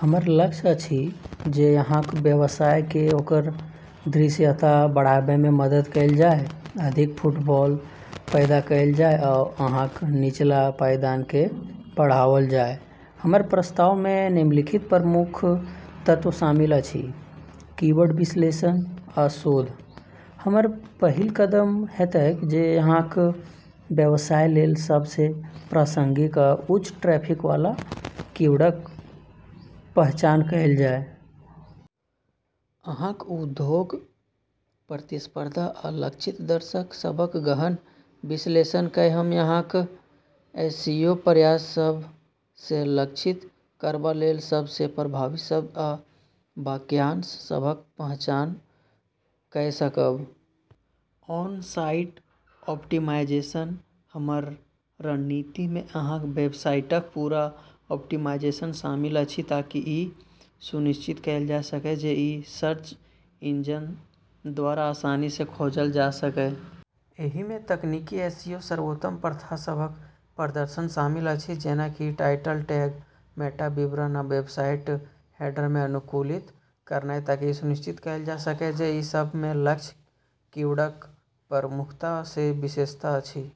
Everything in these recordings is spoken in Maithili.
हमर लक्ष्य अछि जे अहाँक व्यवसाय केँ ओकर दृश्यता बढ़ाबय मे मदद कएल जाए, अधिक फुटफॉल पैदा कएल जाए आ अहाँक निचला पायदान केँ बढ़ाओल जाए। हमर प्रस्ताव मे निम्नलिखित प्रमुख तत्व शामिल अछि: कीवर्ड विश्लेषण आ शोध: हमर पहिल कदम हेतैक जे अहाँक व्यवसाय लेल सब सँ प्रासंगिक आ उच्च ट्रैफिक बला कीवर्डक पहचान कएल जाए। अहाँक उद्योग, प्रतिस्पर्धा, आ लक्षित दर्शक सभक गहन विश्लेषण कऽ हम अहाँक एसईओ प्रयास सभ सँ लक्षित करबा लेल सब सँ प्रभावी शब्द आ वाक्यांश सभक पहचान कऽ सकब। ऑन-साइट ऑप्टिमाइजेशन: हमर रणनीति मे अहाँक वेबसाइटक पूरा ऑप्टिमाइजेशन शामिल अछि ताकि ई सुनिश्चित कएल जा सकए जे ई सर्च इंजन द्वारा आसानी सँ खोजल जा सकए। एहि मे तकनीकी एसईओ सर्वोत्तम प्रथा सभक प्रदर्शन शामिल अछि, जेना कि टाइटल टैग, मेटा विवरण, आ वेबसाइट हेडर केँ अनुकूलित करनाय ताकि ई सुनिश्चित कएल जा सकए जे ई सभ मे लक्ष्य कीवर्डक प्रमुखता सँ विशेषता अछि।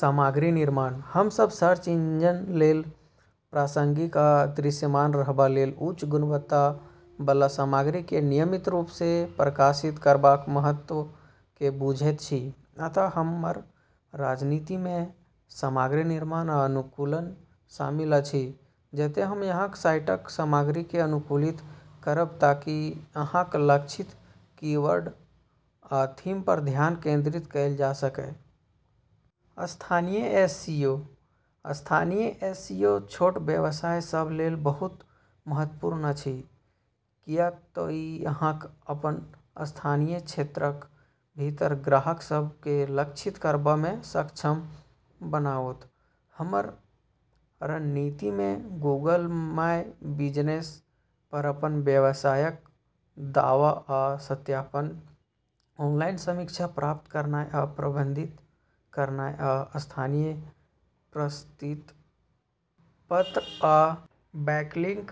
सामग्री निर्माण: हम सभ सर्च इंजन लेल प्रासंगिक आ दृश्यमान रहबा लेल उच्च गुणवत्ता बला सामग्री केँ नियमित रूप सँ प्रकाशित करबाक महत्व केँ बुझैत छी। अतः हमर रणनीति मे सामग्री निर्माण आ अनुकूलन शामिल अछि, जतए हम अहाँक साइटक सामग्री केँ अनुकूलित करब ताकि अहाँक लक्षित कीवर्ड आ थीम पर ध्यान केंद्रित कएल जा सकए। स्थानीय एसईओ: स्थानीय एसईओ छोट व्यवसाय सभ लेल बहुत महत्वपूर्ण अछि, कियाक तँ ई अहाँ केँ अपन स्थानीय क्षेत्रक भीतर ग्राहक सभ केँ लक्षित करबा मे सक्षम बनाओत। हमर रणनीति मे गूगल माय बिजनेस पर अपन व्यवसायक दावा आ सत्यापन, ऑनलाइन समीक्षा प्राप्त करनाय आ प्रबंधित करनाय, आ स्थानीय प्रशस्ति पत्र आ बैकलिंक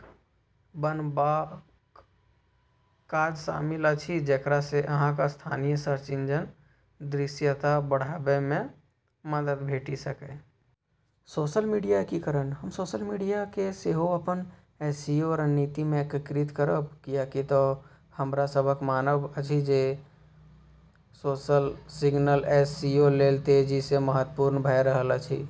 बनाबबाक काज शामिल अछि जेकरा सँ अहाँक स्थानीय सर्च इंजन दृश्यता बढ़ाबय मे मदद भेटि सकए। सोशल मीडिया एकीकरण: हम सोशल मीडिया केँ सेहो अपन एसईओ रणनीति मे एकीकृत करब, कियाक तँ हमरा सभक मानब अछि जे सोशल सिग्नल एसईओ लेल तेजी सँ महत्वपूर्ण भऽ रहल अछि।